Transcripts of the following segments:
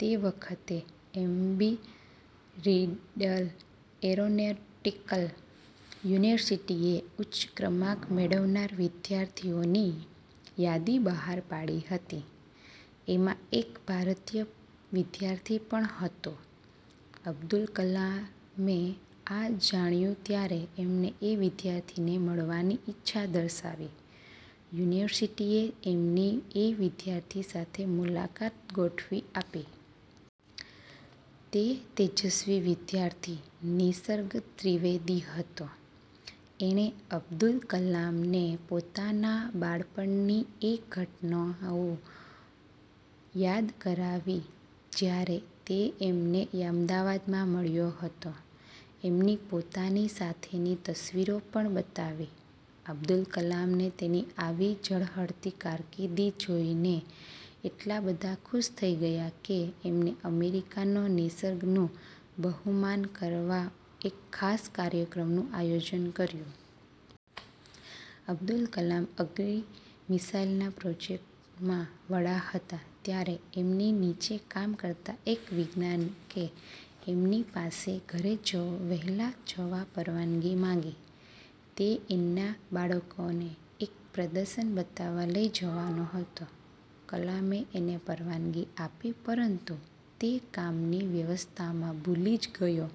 તે વખતે એમ્બી riddle aeronautical યુનિવર્સીટીએ ઉચ્ચ ક્રમાંક મેળવનારા વિદ્યાર્થીઓની યાદી બહાર પાડી હતી. એમાં એક ભારતીય વિદ્યાર્થી પણ હતો. અબ્દુલ કલામે આ જાણ્યું ત્યારે એમણે એ વિદ્યાર્થીને મળવાની ઈચ્છા દર્શાવી. યુનિવર્સીટીએ એમની એ વિદ્યાર્થી સાથે મુલાકાત ગોઠવી આપી. તે તેજસ્વી વિદ્યાર્થી નિસર્ગ ત્રિવેદી હતો! એણે અબ્દુલ કલામને પોતાના બાળપણની એ ઘટનાઓ યાદ કરાવી જયારે તે એમને અમદાવાદમાં મળ્યો હતો. એમની પોતાની સાથેની તસવીરો પણ બતાવી. અબ્દુલ કલામ તેની આવી ઝળહળતી કારકિર્દી જોઈને એટલા બધા ખુશ થઇ ગયા કે એમણે અમેરિકામાં નિસર્ગનું બહુમાન કરવા એક ખાસ કાર્યક્રમનું આયોજન કર્યું. અબ્દુલ કલામ અગ્નિ મિસાઈલના પ્રોજેક્ટમાં વડા હતા ત્યારે એમની નીચે કામ કરતા એક વૈજ્ઞાનિકે એમની પાસે ઘરે વહેલા જવા પરવાનગી માંગી. તે એના બાળકોને એક પ્રદર્શન બતાવવા લઇ જવાનો હતો. કલામે એને પરવાનગી આપી પરંતુ તે કામની વ્યસ્તતામાં ભૂલી જ ગયો.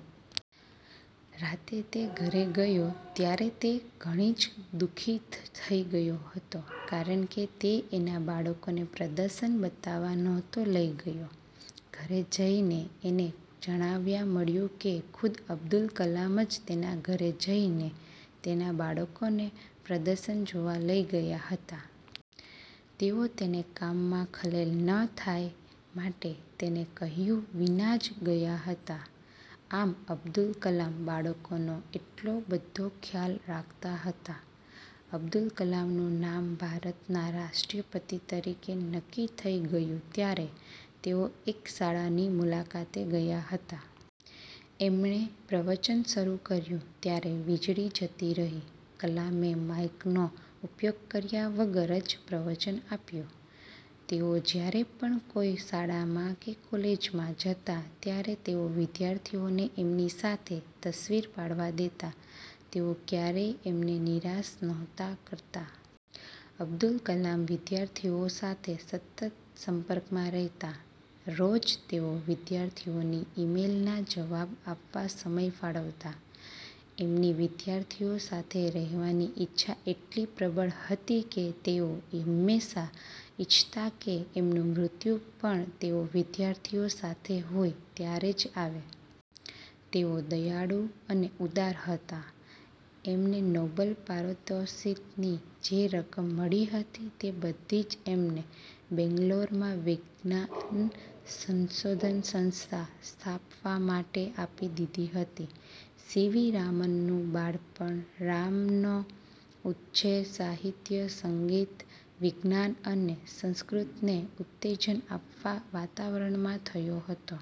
રાતે તે ઘરે ગયો ત્યારે તે ઘણો જ દુઃખી થઈ ગયો હતો કારણકે તે એના બાળકોને પ્રદર્શન બતાવવા નહોતો લઇ ગયો. ઘરે જઈને એને જાણવા મળ્યું કે ખુદ અબ્દુલ કલામ જ તેના ઘરે જઈને તેના બાળકોને પ્રદર્શન જોવા લઇ ગયા હતા! તેઓ તેને કામમાં ખલેલ ન થાય માટે તેને કહ્યા વિના જ ગયા હતા. આમ અબ્દુલ કલામ બાળકોનો આટલો બધો ખ્યાલ રાખતા હતા. અબ્દુલ કલામનું નામ ભારતના રાષ્ટ્રપતિ તરીકે નક્કી થઇ ગયું ત્યારે તેઓ એક શાળાની મુલાકાતે ગયા હતા. એમણે પ્રવચન શરુ કર્યું ત્યારે વીજળી જતી રહી. કલામે માઈકનો ઉપયોગ કર્યા વગર જ પ્રવચન આપ્યું. તેઓ જયારે પણ કોઈ શાળામાં કે કોલેજમાં જતા ત્યારે તેઓ વિદ્યાર્થીઓને એમની સાથે તસ્વીર પડાવવા દેતા. તેઓ ક્યારેય તેમને નિરાશ નહોતા કરતા. અબ્દુલ કલામ વિદ્યાર્થીઓ સાથે સતત સંપર્કમાં રહેતા. રોજ તેઓ વિદ્યાર્થીઓની ઇમેઇલના જવાબ આપવા સમય ફાળવતા. એમની વિદ્યાર્થીઓ સાથે રહેવાની ઈચ્છા એટલી પ્રબળ હતી કે તેઓ હંમેશા ઇચ્છતા કે એમનું મૃત્યુ પણ તેઓ વિદ્યાર્થીઓ સાથે હોય ત્યારે જ આવે. તેઓ દયાળુ અને ઉદાર હતા. એમને નોબેલ પારિતોષિકની જે રકમ મળી હતી તે બધી જ એમણે બેન્ગલોરમાં વિજ્ઞાન સંશોધન સંસ્થા સ્થાપવા માટે આપી દીધી હતી. સી વી રામનનું બાળપણ રામનનો ઉછેર સાહિત્ય, સંગીત, વિજ્ઞાન અને સંસ્કૃતને ઉત્તેજન આપતા વાતાવરણમાં થયો હતો.